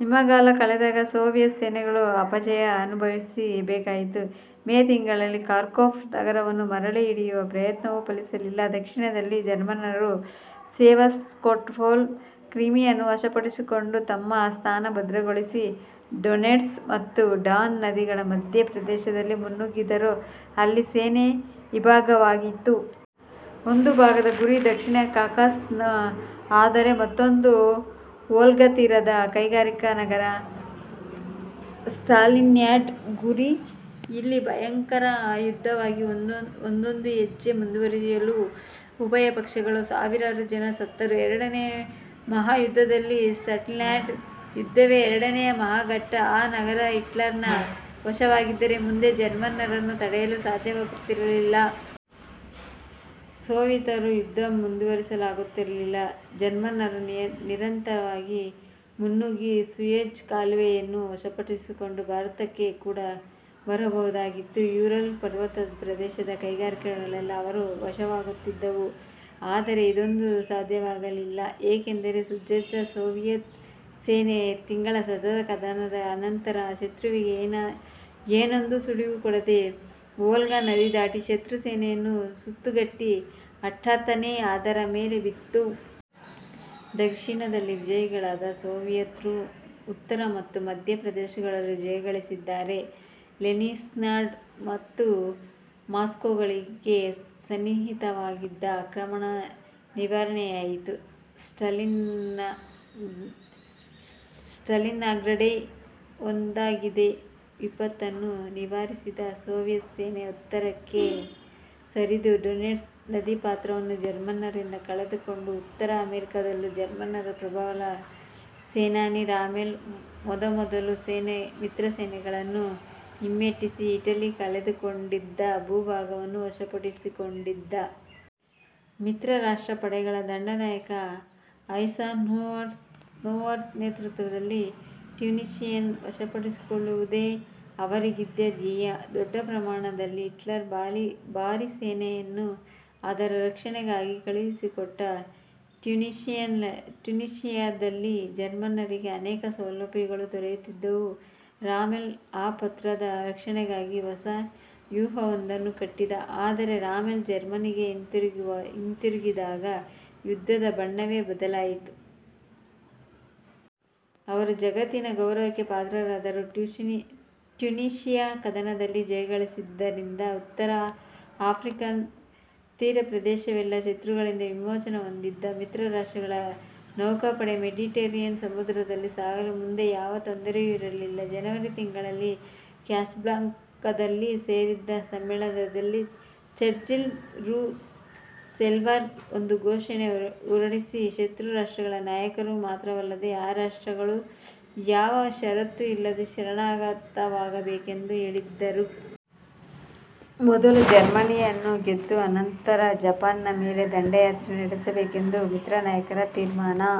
ಹಿಮಗಾಲ ಕಳೆದಾಗ ಸೋವಿಯತ್ ಸೇನೆಗಳು ಅಪಜಯ ಅನುಭವಿಸ ಬೇಕಾಯಿತು. ಮೇ ತಿಂಗಳಲ್ಲಿ ಕಾರ್ಕೊಫ್ ನಗರವನ್ನು ಮರಳಿ ಹಿಡಿಯುವ ಪ್ರಯತ್ನವೂ ಫಲಿಸಲಿಲ್ಲ. ದಕ್ಷಿಣದಲ್ಲಿ ಜರ್ಮನ್ನರು ಸೆವಾಸ್ಟೊಪೋಲ್ ಕ್ರಿಮಿಯಗಳನ್ನು ವಶಪಡಿಸಿಕೊಂಡು, ತಮ್ಮ ಸ್ಥಾನ ಭದ್ರಗೊಳಿಸಿ, ಡೊನೆಟ್ಸ್ ಮತ್ತು ಡಾನ್ ನದಿಗಳ ಮಧ್ಯ ಪ್ರದೇಶದಲ್ಲಿ ಮುನ್ನುಗ್ಗಿದರು. ಅಲ್ಲಿ ಸೇನೆ ಇಬ್ಭಾಗವಾಯಿತು. ಒಂದು ಭಾಗದ ಗುರಿ ದಕ್ಷಿಣ ಕಾಕಸಸ್ ಆದರೆ ಮತ್ತೊಂದಕ್ಕೆ ವೋಲ್ಗಾತೀರದ ಕೈಗಾರಿಕಾನಗರ ಸ್ಟಾಲಿನ್ಗ್ರಾಡ್ ಗುರಿ. ಇಲ್ಲಿ ಭಯಂಕರ ಯುದ್ಧವಾಗಿ ಒಂದೊಂದು ಹೆಜ್ಜೆ ಮುಂದುವರಿಯಲೂ ಉಭಯ ಪಕ್ಷಗಳಲ್ಲೂ ಸಾವಿರಾರು ಜನ ಸತ್ತರು. ಎರಡನೆಯ ಮಹಾಯುದ್ಧದಲ್ಲಿ ಸ್ಟಾಲಿನ್ಗ್ರಾಡ್ ಯುದ್ಧವೇ ಎರಡನೆಯ ಮಹಾ ಘಟ್ಟ. ಆ ನಗರ ಹಿಟ್ಲರನ ವಶವಾಗಿದ್ದರೆ ಮುಂದೆ ಜರ್ಮನ್ನರನ್ನು ತಡೆಯಲು ಸಾಧ್ಯವಾಗುತ್ತಿರಲಿಲ್ಲ. ಸೋವಿಯತರು ಯುದ್ಧ ಮುಂದುವರಿಸಲಾಗುತ್ತಿರಲಿಲ್ಲ. ಜರ್ಮನ್ನರು ನಿರಂತರವಾಗಿ ಮುನ್ನುಗ್ಗಿ ಸೂಯೆಜ್ ಕಾಲುವೆ ಯನ್ನು ವಶಪಡಿಸಿಕೊಂಡು ಭಾರತಕ್ಕೆ ಕೂಡ ಬರಬಹುದಾಗಿತ್ತು. ಯೂರಲ್ ಪರ್ವತಪ್ರದೇಶದ ಕೈಗಾರಿಕೆಗಳೆಲ್ಲ ಅವರ ವಶವಾಗುತ್ತಿದ್ದುವು. ಆದರೆ ಇದೊಂದೂ ಸಾಧ್ಯವಾಗಲಿಲ್ಲ. ಏಕೆಂದರೆ ಸುಸಜ್ಜಿತ ಸೋವಿಯತ್ ಸೇನೆ ತಿಂಗಳ ಸತತ ಕದನದ ಅನಂತರ, ಶತ್ರುವಿಗೆ ಏನೊಂದೂ ಸುಳಿವು ಕೊಡದೆ ವೋಲ್ಗಾ ನದಿ ದಾಟಿ, ಶತ್ರು ಸೇನೆಯನ್ನು ಸುತ್ತುಗಟ್ಟಿ ಹಠಾತ್ತನೆ ಅದರ ಮೇಲೆ ಬಿತ್ತು. ದಕ್ಷಿಣದಲ್ಲಿ ವಿಜಯಿಗಳಾದ ಸೋವಿಯತ್ರು ಉತ್ತರ ಮತ್ತು ಮಧ್ಯ ಪ್ರದೇಶಗಳಲ್ಲೂ ಜಯ ಗಳಿಸಿದರು. ಲೆನಿನ್ಗ್ರಾಡ್ ಮತ್ತು ಮಾಸ್ಕೋಗಳಿಗೆ ಸನ್ನಿಹಿತವಾಗಿದ್ದ ಆಕ್ರಮಣ ನಿವಾರಣೆಯಾಯಿತು. ಸ್ಟಾಲಿನ್ಗ್ರಾಡ್ಗೆ ಒದಗಿದ್ದ ವಿಪತ್ತನ್ನು ನಿವಾರಿಸಿದ ಸೋವಿಯತ್ ಸೇನೆ ಉತ್ತರಕ್ಕೆ ಸರಿದು ಡೊನೆಟ್ಸ್ ನದೀಪಾತ್ರವನ್ನು ಜರ್ಮನ್ನರಿಂದ ಕಸಿದುಕೊಂಡಿತು. ಉತ್ತರ ಆಫ್ರಿಕದಲ್ಲೂ ಜರ್ಮನ್ನರ ಪ್ರಬಲ ಸೇನಾನಿ ರಾಮೆಲ್ ಮೊದಮೊದಲು ಮಿತ್ರಸೇನೆಗಳನ್ನು ಹಿಮ್ಮೆಟ್ಟಿಸಿ ಇಟಲಿ ಕಳೆದುಕೊಂಡಿದ್ದ ಭೂಭಾಗಗಳನ್ನು ವಶಪಡಿಸಿಕೊಂಡಿದ್ದ. ಮಿತ್ರರಾಷ್ಟ್ರ ಪಡೆಗಳ ದಂಡನಾಯಕ ಐಸನ್ಹೋವರ್ ನೇತೃತ್ವದಲ್ಲಿ ಟ್ಯುನೀಷಿಯವನ್ನು ವಶಪಡಿಸಿಕೊಳ್ಳುವುದೇ ಅವರಿಗಿದ್ದ ಧ್ಯೇಯ. ದೊಡ್ಡ ಪ್ರಮಾಣದಲ್ಲಿ ಹಿಟ್ಲರ್ ಭಾರೀ ಸೇನೆಯನ್ನು ಅದರ ರಕ್ಷಣೆಗೆ ಕಳುಹಿಸಿಕೊಟ್ಟ. ಟ್ಯುನೀಷಿಯದಲ್ಲಿ ಜರ್ಮನ್ನರಿಗೆ ಅನೇಕ ಸೌಲಭ್ಯಗಳು ದೊರೆತಿದ್ದವು. ರಾಮೆಲ್ ಆ ಪ್ರದೇಶದ ರಕ್ಷಣೆಗಾಗಿ ಹೊಸ ವ್ಯೂಹವೊಂದನ್ನು ಕಟ್ಟಿದ್ದ. ಆದರೆ ರಾಮೆಲ್ ಜರ್ಮನಿಗೆ ಹಿಂತಿರುಗಿದಾಗ ಯುದ್ಧದ ಬಣ್ಣವೇ ಬದಲಾಯಿತು. ಅವರು ಜಗತ್ತಿನ ಗೌರವಕ್ಕೆ ಪಾತ್ರರಾದರು. ಟ್ಯುನೀಷಿಯ ಕದನದಲ್ಲಿ ಜಯಗಳಿಸಿದ್ದರಿಂದ ಉತ್ತರ ಆಫ್ರಿಕನ್ ತೀರಪ್ರದೇಶವೆಲ್ಲ ಶತ್ರುಗಳಿಂದ ವಿಮೋಚನೆ ಹೊಂದಿತು. ಮಿತ್ರ ರಾಷ್ಟ್ರಗಳ ನೌಕಾಪಡೆ ಮೆಡಿಟರೇನಿಯನ್ ಸಮುದ್ರದಲ್ಲಿ ಸಾಗಲು ಮುಂದೆ ಯಾವ ತೊಂದರೆಯೂ ಇರಲಿಲ್ಲ. ಜನವರಿ ತಿಂಗಳಲ್ಲಿ ಕ್ಯಾಸಬ್ಲಾಂಕದಲ್ಲಿ ಸೇರಿದ್ದ ಸಮ್ಮೇಳನದಲ್ಲಿ ಚರ್ಚಿಲ್-ರೂಸ್ವೆಲ್ಟರು ಒಂದು ಘೋಷಣೆ ಹೊರಡಿಸಿ ಶತ್ರುರಾಷ್ಟ್ರಗಳ ನಾಯಕರು ಮಾತ್ರವಲ್ಲದೆ ಆ ರಾಷ್ಟ್ರಗಳೂ ಯಾವ ಷರತ್ತೂ ಇಲ್ಲದೆ ಶರಣಾಗತವಾಗಬೇಕೆಂದು ಹೇಳಿದ್ದರು. ಮೊದಲು ಜರ್ಮನಿಯನ್ನು ಗೆದ್ದು ಅನಂತರ ಜಪಾನ್ನ ಮೇಲೆ ದಂಡಯಾತ್ರೆ ನಡೆಸಬೇಕೆಂಬುದು ಮಿತ್ರನಾಯಕರ ತೀರ್ಮಾನ